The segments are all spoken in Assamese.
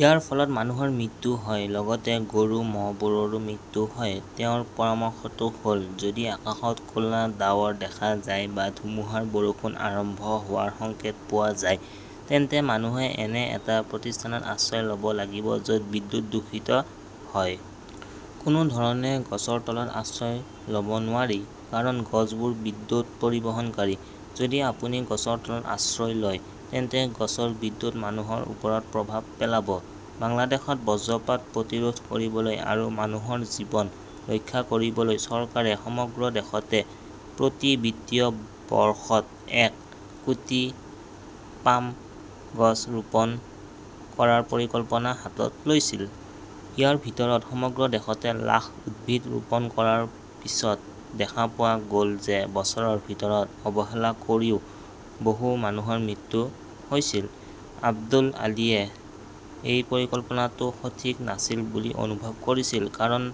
ইয়াৰ ফলত মানুহৰ মৃত্যু হয়, লগতে গৰু-ম'হবোৰৰো মৃত্যু হয়। "তেওঁৰ পৰামৰ্শটো হ'ল ", যদি আকাশত ক'লা ডাৱৰ দেখা যায় বা ধুমুহাৰ বৰষুণ আৰম্ভ হোৱাৰ সংকেত পোৱা যায়, তেন্তে মানুহে এনে এটা প্ৰতিষ্ঠানত আশ্ৰয় ল'ব লাগিব য'ত বিদ্যুৎ দূষিত হয়। কোনো ধৰণে গছৰ তলত আশ্ৰয় ল'ব নোৱাৰি। কাৰণ গছবোৰ বিদ্যুৎ পৰিবহণকাৰী। যদি আপুনি গছৰ তলত আশ্ৰয় লয় তেন্তে গছৰ বিদ্যুৎ মানুহৰ ওপৰত প্ৰভাৱ পেলাব। "বাংলাদেশত বজ্ৰপাত প্ৰতিৰোধ কৰিবলৈ আৰু মানুহৰ জীৱন ৰক্ষা কৰিবলৈ চৰকাৰে সমগ্ৰ দেশতে প্ৰতি বিত্তীয় বৰ্ষত এক কোটি পাম গছ ৰোপণ কৰাৰ পৰিকল্পনা হাতত লৈছিল।" ইয়াৰ ভিতৰত, সমগ্ৰ দেশতে লাখ উদ্ভিদ ৰোপণ কৰাৰ পিছত দেখা পোৱা গ'ল যে এবছৰৰ ভিতৰত অৱহেলা কৰিও বহু মানুহৰ মৃত্যু হৈছিল। আব্দুল আলিমে এই পৰিকল্পনাটো সঠিক নাছিল বুলি অনুভৱ কৰিছিল। কাৰণ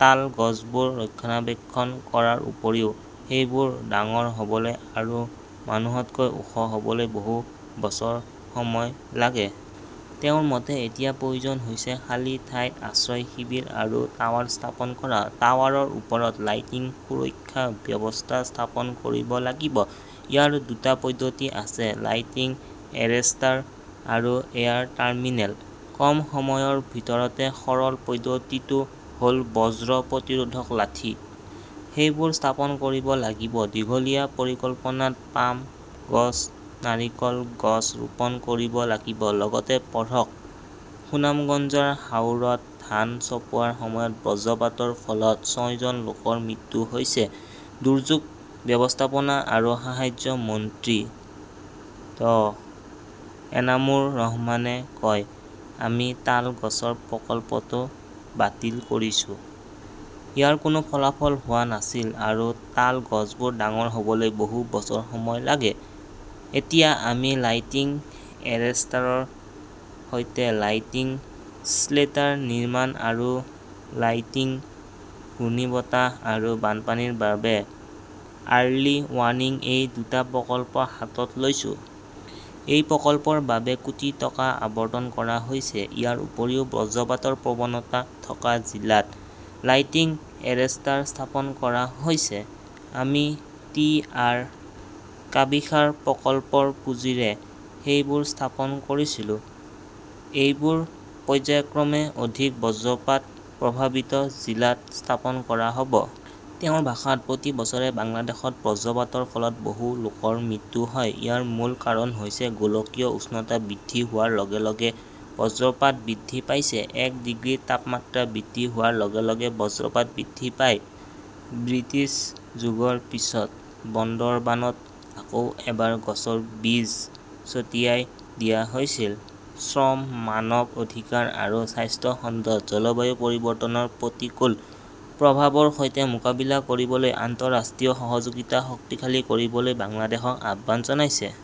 তাল গছবোৰ ৰক্ষণাবেক্ষণ কৰাৰ উপৰিও সেইবোৰ ডাঙৰ হ'বলৈ আৰু মানুহতকৈ ওখ হ'বলৈ বহু বছৰ সময় লাগে। তেওঁৰ মতে এতিয়া প্ৰয়োজন হৈছে, "খালী ঠাইত আশ্ৰয় শিবিৰ আৰু টাৱাৰ স্থাপন কৰা। টাৱাৰৰ ওপৰত লাইটিং সুৰক্ষা ব্যৱস্থা স্থাপন কৰিব লাগিব। ইয়াৰ দুটা পদ্ধতি আছে লাইটিং এৰেষ্টাৰ আৰু এয়াৰ টাৰ্মিনেল। কম সময়ৰ ভিতৰতে সৰল পদ্ধতিটো হ'ল বজ্ৰ প্ৰতিৰোধৰ লাঠি। সেইবোৰ স্থাপন কৰিব লাগিব। দীঘলীয়া পৰিকল্পনাত পাম গছ, নাৰিকল গছ ৰোপণ কৰিব পাৰি। লগতে পঢ়কঃ সুনামগঞ্জৰ হাওৰত ধান চপোৱাৰ সময়ত বজ্ৰপাতৰ ফলত ছয়জন লোকৰ মৃত্যু হৈছে, দুৰ্যোগ ব্যৱস্থাপনা আৰু সাহায্য মন্ত্ৰী ড. এনামুৰ ৰহমানে কয়, "আমি তাল গছৰ প্ৰকল্পটো বাতিল কৰিছো। ইয়াৰ কোনো ফলাফল হোৱা নাছিল আৰু তাল গছবোৰ ডাঙৰ হ'বলৈ বহু বছৰ সময় লাগে। এতিয়া আমি লাইটিং এৰেষ্টাৰৰ সৈতে লাইটিং শ্বেল্টাৰ নিৰ্মাণ আৰু লাইটিং, ঘূৰ্ণীবতাহ আৰু বানপানীৰ বাবে আৰ্লি ৱাৰ্ণিং-এই দুটা প্ৰকল্প হাতত লৈছো। এই প্ৰকল্পৰ বাবে কোটি টকা আবণ্টন কৰা হৈছে। ইয়াৰ উপৰিও, বজ্ৰপাতৰ প্ৰৱণতা থকা জিলাত লাইটিং এৰেষ্টাৰ স্থাপন কৰা হৈছে। আমি টি. আৰ. -কাবিখাৰ প্ৰকল্পৰ পুঁজিৰে সেইবোৰ স্থাপন কৰিছিলো। এইবোৰ পৰ্য্যায়ক্ৰমে অধিক বজ্ৰপাত প্ৰভাৱিত জিলাত স্থাপন কৰা হ'ব। "তেওঁৰ ভাষাত," প্ৰতি বছৰে বাংলাদেশত বজ্ৰপাতৰ ফলত বহু লোকৰ মৃত্যু হয়। ইয়াৰ মূল কাৰণ হৈছে গোলকীয় উষ্ণতা বৃদ্ধি হোৱাৰ লগে লগে বজ্ৰপাত বৃদ্ধি পাইছে। এক ডিগ্ৰী তাপমাত্ৰা বৃদ্ধি হোৱাৰ লগে লগে বজ্ৰপাত বৃদ্ধি পায়। " ব্ৰিটিছ যুগৰ পিছত বন্দৰবানত আকৌ এবাৰ গছৰ বীজ ছটিয়াই দিয়া হৈছিল। শ্ৰম, মানৱ অধিকাৰ আৰু স্বাস্থ্য খণ্ডত জলবায়ু পৰিৱৰ্তনৰ প্ৰতিকূল প্ৰভাৱৰ সৈতে মোকাবিলা কৰিবলৈ আন্তঃৰাষ্ট্ৰীয় সহযোগিতা শক্তিশালী কৰিবলৈ বাংলাদেশক আহ্বান জনাইছে।